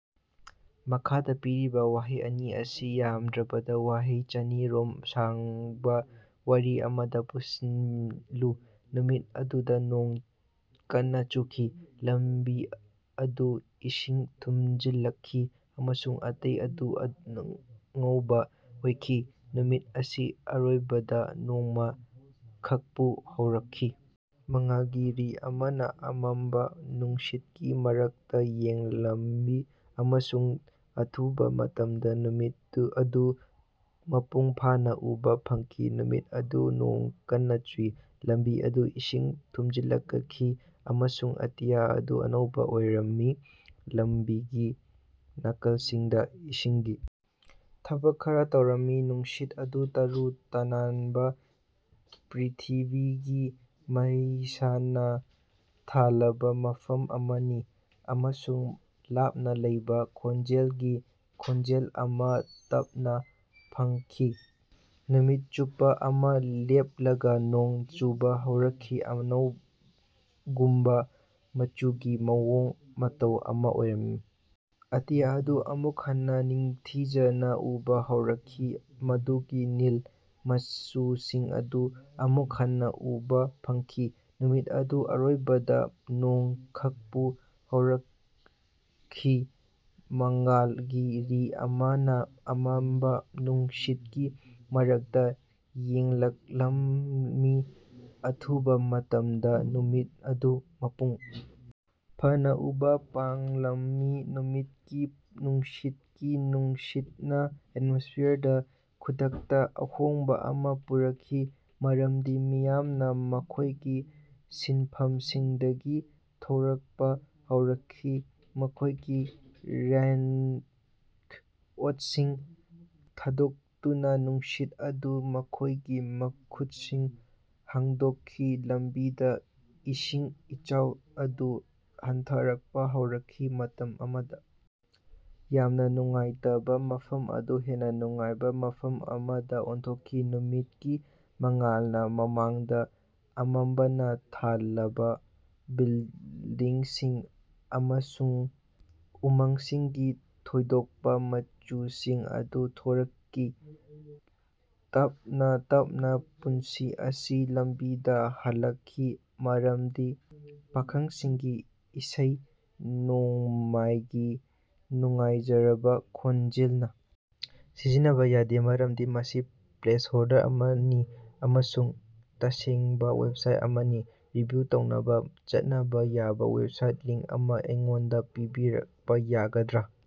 ꯃꯈꯥꯗ ꯄꯤꯔꯤꯕ ꯋꯥꯍꯩ ꯑꯅꯤ ꯑꯁꯤ ꯌꯥꯝꯗ꯭ꯔꯕꯗ ꯋꯥꯍꯩ ꯆꯅꯤ ꯔꯣꯝ ꯁꯥꯡꯕ ꯋꯥꯔꯤ ꯑꯃꯗ ꯄꯨꯟꯁꯤꯜꯂꯨ꯫ ꯅꯨꯃꯤꯠ ꯑꯗꯨꯗ ꯅꯣꯡ ꯀꯟꯅ ꯆꯨꯈꯤ꯫ ꯂꯝꯕꯤ ꯑꯗꯨ ꯏꯁꯤꯡ ꯊꯨꯃꯖꯤꯜꯂꯛꯈꯤ ꯑꯃꯁꯨꯡ ꯑꯇꯤꯌꯥ ꯑꯗꯨ ꯑꯉꯧꯕꯥ ꯑꯣꯏꯈꯤ꯫ ꯅꯨꯃꯤꯠ ꯑꯁꯤ ꯑꯔꯣꯏꯕꯗ ꯅꯣꯡꯃ ꯈꯥꯛꯞ ꯍꯧꯔꯛꯈꯤ꯫ ꯃꯉꯥꯜꯒꯤ ꯔꯦ ꯑꯃꯅ ꯑꯃꯝꯕ ꯅꯨꯡꯁꯤꯠꯀꯤ ꯃꯔꯛꯇ ꯌꯦꯡꯂꯝꯃꯤ ꯑꯃꯁꯨꯡ ꯑꯊꯨꯕ ꯃꯇꯝꯗ ꯅꯨꯃꯤꯠ ꯑꯗꯨ ꯃꯄꯨꯡ ꯐꯥꯅ ꯎꯕꯥ ꯐꯪꯈꯤ꯫ ꯅꯨꯃꯤꯠ ꯑꯗꯨꯗ ꯅꯣꯡ ꯀꯟꯅ ꯆꯨꯈꯤ꯫ ꯂꯝꯕꯤ ꯑꯗꯨ ꯏꯁꯤꯡ ꯊꯨꯃꯖꯤꯜꯂꯛꯈꯤ, ꯑꯃꯁꯨꯡ ꯑꯇꯤꯌꯥ ꯑꯗꯨ ꯑꯉꯧꯕ ꯑꯣꯏꯔꯝꯃꯤ꯫ ꯂꯝꯕꯤꯒꯤ ꯅꯥꯀꯜꯁꯤꯡꯗ ꯏꯁꯤꯡꯒꯤ ꯊꯕꯛ ꯈꯔ ꯇꯧꯔꯝꯃꯤ꯫ ꯅꯨꯡꯁꯤꯠ ꯑꯗꯨ ꯇꯔꯨ ꯇꯅꯥꯟꯕ ꯄ꯭ꯔ꯭ꯤꯊꯤꯕꯤꯒꯤ ꯃꯩꯁꯥꯅ ꯊꯜꯂꯕ ꯃꯐꯝ ꯑꯃꯅꯤ, ꯑꯃꯁꯨꯡ ꯂꯥꯞꯅ ꯂꯩꯕ ꯈꯣꯟꯖꯦꯜꯒꯤ ꯈꯣꯟꯖꯦꯜ ꯑꯃ ꯇꯥꯕ ꯐꯪꯈꯤ꯫ ꯅꯨꯃꯤꯠ ꯆꯨꯞꯄ ꯑꯃ ꯂꯦꯞꯂꯒ ꯅꯣꯡ ꯆꯨꯕ ꯍꯧꯔꯛꯈꯤ꯫ ꯑꯉꯧꯕ ꯃꯆꯨꯒꯤ ꯃꯑꯣꯡ ꯃꯇꯧ ꯑꯃ ꯑꯣꯏꯔꯝꯕ ꯑꯇꯤꯌꯥ ꯑꯗꯨ ꯑꯃꯨꯛ ꯍꯟꯅ ꯅꯤꯡꯊꯤꯖꯅ ꯎꯕ ꯍꯧꯔꯛꯈꯤ, ꯃꯗꯨꯒꯤ ꯅꯤꯜ ꯃꯆꯨꯁꯤꯡ ꯑꯗꯨ ꯑꯃꯨꯛ ꯍꯟꯅ ꯎꯕ ꯐꯪꯈꯤ꯫ ꯅꯨꯃꯤꯠ ꯑꯗꯨ ꯑꯔꯣꯏꯕꯗ ꯅꯣꯡ ꯈꯥꯛꯞ ꯍꯧꯔꯛꯈꯤ꯫ ꯃꯉꯥꯜꯒꯤ ꯔꯦ ꯑꯃꯅ ꯑꯃꯝꯕ ꯅꯨꯡꯁꯤꯠꯀꯤ ꯃꯔꯛꯇ ꯌꯦꯡꯂꯛꯂꯝꯃꯤ, ꯑꯊꯨꯕ ꯃꯇꯃꯗ ꯅꯨꯃꯤꯠ ꯑꯗꯨ ꯃꯄꯨꯡ ꯐꯥꯅ ꯎꯕ ꯐꯪꯂꯝꯃꯤ꯫ ꯅꯨꯃꯤꯠꯀꯤ ꯅꯨꯡꯁꯤꯠꯀꯤ ꯅꯨꯡꯁꯤꯠꯅ ꯑꯦꯠꯃꯣꯁ꯭ꯐꯤꯌꯔꯗ ꯈꯨꯗꯛꯇ ꯑꯍꯣꯡꯕ ꯑꯃ ꯄꯨꯔꯛꯈꯤ, ꯃꯔꯝꯗꯤ ꯃꯤꯌꯥꯝꯅ ꯃꯈꯣꯏꯒꯤ ꯁꯤꯟꯐꯝꯁꯤꯡꯗꯒꯤ ꯊꯣꯔꯛꯄ ꯍꯧꯔꯛꯈꯤ, ꯃꯈꯣꯏꯒꯤ ꯔꯦꯟꯀꯣꯠꯁꯤꯡ ꯊꯥꯗꯣꯛꯇꯨꯅ ꯅꯨꯡꯁꯤꯠ ꯑꯗꯨꯗ ꯃꯈꯣꯏꯒꯤ ꯃꯈꯨꯠꯁꯤꯡ ꯍꯥꯡꯗꯣꯛꯈꯤ꯫ ꯂꯝꯕꯤꯗ ꯏꯁꯤꯡ ꯏꯆꯥꯎ ꯑꯗꯨ ꯍꯟꯊꯔꯛꯄ ꯍꯧꯔꯛꯈꯤ, ꯃꯇꯝ ꯑꯃꯗ ꯌꯥꯝꯅ ꯅꯨꯡꯉꯥꯏꯇꯕ ꯃꯐꯝ ꯑꯗꯨ ꯍꯦꯟꯅ ꯅꯨꯡꯉꯥꯏꯕ ꯃꯐꯝ ꯑꯃꯗ ꯑꯣꯟꯊꯣꯛꯈꯤ꯫ ꯅꯨꯃꯤꯠꯀꯤ ꯃꯉꯥꯜꯅ ꯃꯃꯥꯡꯗ ꯑꯃꯝꯕꯅ ꯊꯜꯂꯕ ꯕꯤꯜꯗꯤꯡꯁꯤꯡ ꯑꯃꯁꯨꯡ ꯎꯃꯪꯁꯤꯡꯒꯤ ꯊꯣꯏꯗꯣꯛꯄ ꯃꯆꯨꯁꯤꯡ ꯑꯗꯨ ꯊꯣꯔꯛꯈꯤ꯫ ꯇꯞꯅ ꯇꯞꯅ ꯄꯨꯟꯁꯤ ꯑꯁꯤ ꯂꯝꯕꯤꯗ ꯍꯜꯂꯛꯈꯤ, ꯃꯔꯞꯗꯤ ꯄꯥꯈꯪꯁꯤꯡꯒꯤ ꯏꯁꯩ ꯅꯣꯡꯃꯥꯏꯒꯤ ꯅꯨꯡꯉꯥꯏꯔꯕ ꯈꯣꯟꯖꯦꯜꯅ ꯁꯤꯖꯤꯟꯅꯕ ꯌꯥꯗꯦ ꯃꯔꯝꯗꯤ ꯃꯁꯤ ꯄ꯭ꯂꯦꯁꯍꯣꯜꯗꯔ ꯑꯃꯅꯤ ꯑꯃꯁꯨꯡ ꯇꯁꯦꯡꯕ ꯋꯦꯕꯁꯥꯏꯠ ꯑꯃꯅꯤ꯫ ꯔꯤꯚꯤꯌꯨ ꯇꯧꯅꯕ ꯆꯠꯅꯕ ꯌꯥꯕꯥ ꯋꯦꯕꯁꯥꯏꯠ ꯂꯤꯡꯛ ꯑꯃ ꯑꯩꯉꯣꯟꯗꯥ ꯄꯤꯕꯤꯔꯛꯄ ꯌꯥꯒꯗ꯭ꯔꯥ